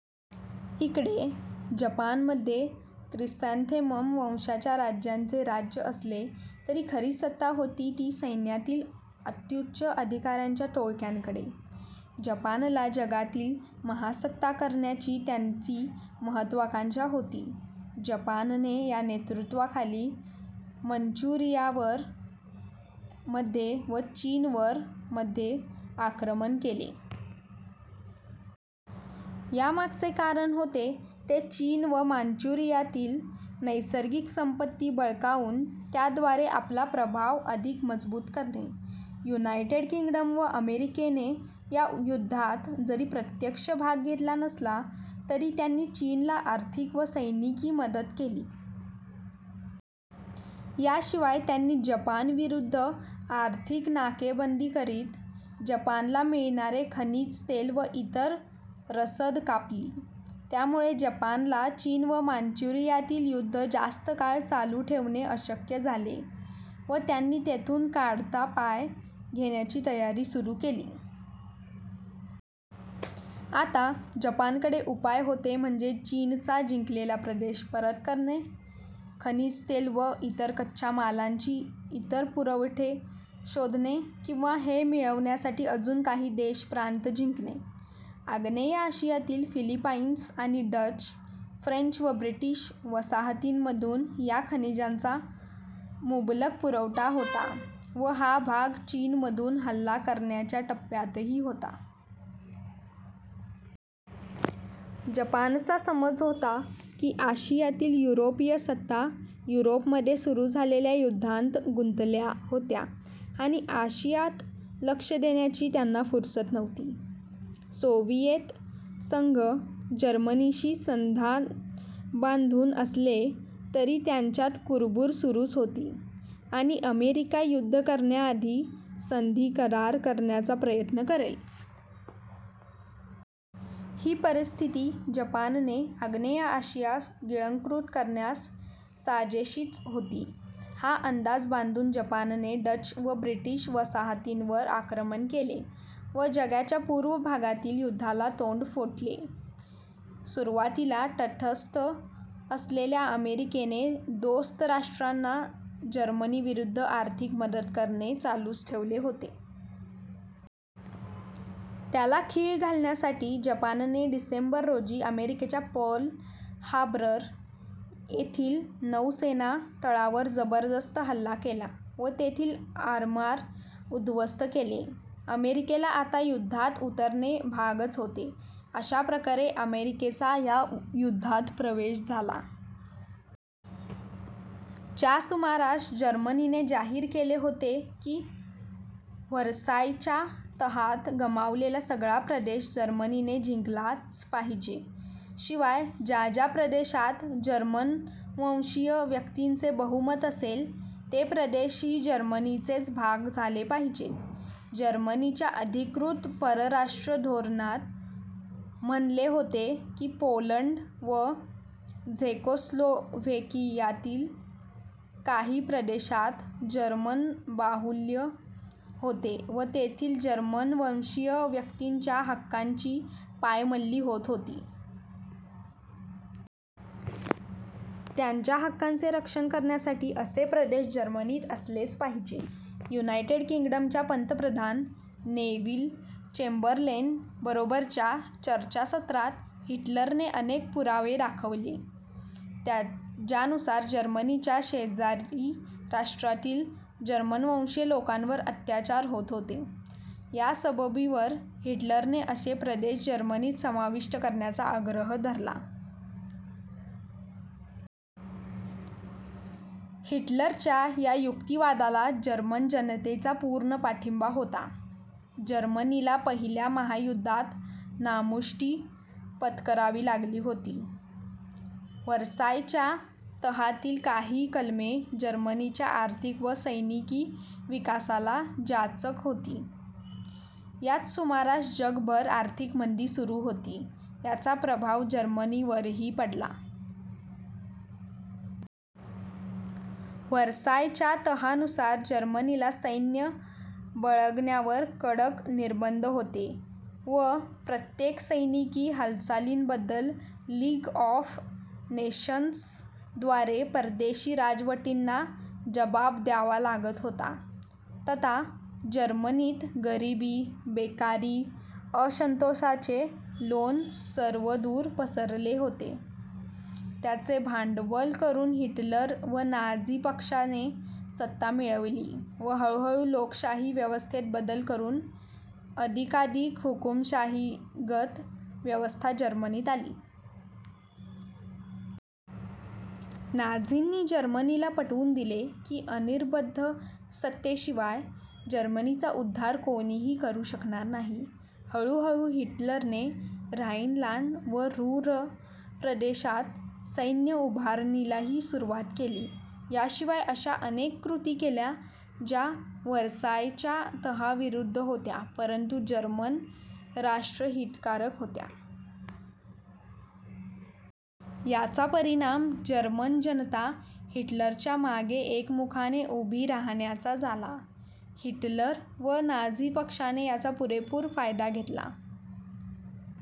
इकडे जपानमध्ये क्रिसॅंथेमम वंशाच्या राजांचे राज्य असले तरी खरी सत्ता होती ती सैन्यातील अत्त्युच्च अधिकाऱ्यांच्या टोळक्याकडे. जपानला जगातील महासत्ता करण्याची त्यांची महत्त्वाकांक्षा होती. जपानने या नेतृत्वाखाली मांचुरियावर मध्ये व चीनवर मध्ये आक्रमण केले होते. यामागचे कारण होते ते चीन व मांचुरियातील नैसर्गिक संपत्ती बळकावून त्याद्वारे आपला प्रभाव अधिक मजबूत करणे. युनायटेड किंग्डम व अमेरिकेने या युद्धात जरी प्रत्यक्ष भाग घेतला नसला तरी त्यांनी चीनला आर्थिक व सैनिकी मदत केली. याशिवाय त्यांनी जपानविरुद्ध आर्थिक नाकेबंदी करीत जपानला मिळणारे खनिज तेल व इतर रसद कापली. यामुळे जपानला चीन व मांचुरियातील युद्ध जास्त काळ चालू ठेवणे अशक्य झाले व त्यांनी तेथून काढता पाय घेण्याची तयारी सुरू केली. आता जपानकडे उपाय होते म्हणजे चीनचा जिंकलेला प्रदेश परत करणे, खनिज तेल व इतर कच्च्या मालाची इतर पुरवठे शोधणे किंवा हे मिळवण्यासाठी अजून काही देश/प्रांत जिंकणे. आग्नेय आशियातील फिलिपाईन्स आणि डच, फ्रेंच व ब्रिटिश वसाहतींमधून या खनिजांचा मुबलक पुरवठा होता व हा भाग चीनमधून हल्ला करण्याच्या टप्प्यातही होता. जपानचा समज होता की आशियातील युरोपीय सत्ता युरोपमध्ये सुरू झालेल्या युद्धात गुंतल्या होत्या व आशियात लक्ष देण्याची त्यांना फुरसत नव्हती. सोव्हिएत संघ जर्मनीशी संधान बांधून असले तरी त्यांच्यात कुरबुर सुरूच होती आणि अमेरिका युद्ध करण्याआधी संधी/करार करण्याचा प्रयत्न करेल. ही परिस्थिती जपानने आग्नेय आशिया गिळंकृत करण्यास साजेशीच होती. हा अंदाज बांधून जपानने डच व ब्रिटिश वसाहतींवर आक्रमण केले व जगाच्या पूर्व भागातील युद्धाला तोंड फुटले. सुरुवातीला तटस्थ असलेल्या अमेरिकेने दोस्त राष्ट्रांना जर्मनीविरुद्ध आर्थिक मदत करणे चालूच ठेवले होते. त्याला खीळ घालण्यासाठी जपानने डिसेंबर, रोजी अमेरिकेच्या पर्ल हार्बर येथील नौसेना तळावर जबरदस्त हल्ला केला व तेथील आरमार उद्ध्वस्त केले. अमेरिकेला आता युद्धात उतरणे भागच होते. अशा प्रकारे अमेरिकेचा या युद्धात प्रवेश झाला. च्या सुमारास जर्मनीने जाहीर केले होते की व्हर्सायच्या तहात गमावलेला सगळा प्रदेश जर्मनीने जिंकलाच पाहिजे. शिवाय, ज्या ज्या प्रदेशात जर्मनवंशीय व्यक्तींचे बहुमत असेल, ते प्रदेशही जर्मनीचेच भाग झाले पाहिजेत. जर्मनीच्या अधिकृत परराष्ट्र धोरणात म्हणले होते की पोलंड व झेकोस्लोव्हेकियातील काही प्रदेशात जर्मन बाहुल्य होते व तेथील जर्मनवंशीय व्यक्तींच्या हक्कांची पायमल्ली होत होती. त्यांच्या हक्कांचे रक्षण करण्यासाठी असे प्रदेश जर्मनीत असले पाहिजेत. युनायटेड किंग्डमच्या पंतप्रधान नेव्हिल चेम्बरलेन बरोबरच्या चर्चासत्रात हिटलरने अनेक पुरावे दाखवले ज्यानुसार जर्मनीच्या शेजारी राष्ट्रातील जर्मनवंशीय लोकांवर अत्याचार होत होते. या सबबीवर हिटलरने असे प्रदेश जर्मनीत समाविष्ट करण्याचा आग्रह धरला. हिटलरच्या या युक्तिवादाला जर्मन जनतेचा पूर्ण पाठिंबा होता. जर्मनीला पहिल्या महायुद्धात नामुष्की पत्करावी लागली होती. व्हर्सायच्या तहातील काही कलमे जर्मनीच्या आर्थिक व सैनिकी विकासाला जाचक होती. याच सुमारास जगभर आर्थिक मंदी सुरू होती, त्याचा प्रभाव जर्मनीवरही पडला होता. व्हर्सायच्या तहानुसार जर्मनीला सैन्य बाळगण्यावर कडक निर्बंध होते व प्रत्येक सैनिकी हालचालीबद्दल लीग ऑफ नेशन्स द्वारे परदेशी राजवटींना जबाब द्यावा लागत होता. ततः जर्मनीत गरीबी, बेकारी व असंतोषाचे लोण सर्वदूर पसरलेले होते. याचे भांडवल करून हिटलर व नाझी पक्षाने सत्ता मिळवली व हळूहळू लोकशाही व्यवस्थेत बदल करून अधिकाधिक हुकुमशाहीगत व्यवस्था जर्मनीत आली. नाझींनी जर्मनीला पटवून दिले की अनिर्बंध सत्तेशिवाय जर्मनीचा उद्धार कोणीही करू शकणार नाही. हळूहळू हिटलरने ऱ्हाइनलॅंड व रुह्र प्रदेशात सैन्य उभारणीलाही सुरुवात केली. याशिवाय अश्या अनेक कृती केल्या ज्या व्हर्सायच्या तहाविरुद्ध होत्या परंतु जर्मन राष्ट्रहितकारक होत्या. याचा परिणाम जर्मन जनता हिटलरच्या मागे एकमुखाने उभी राहण्याचा झाला. हिटलर व नाझी पक्षाने याचे पूरेपूर फायदा घेतला.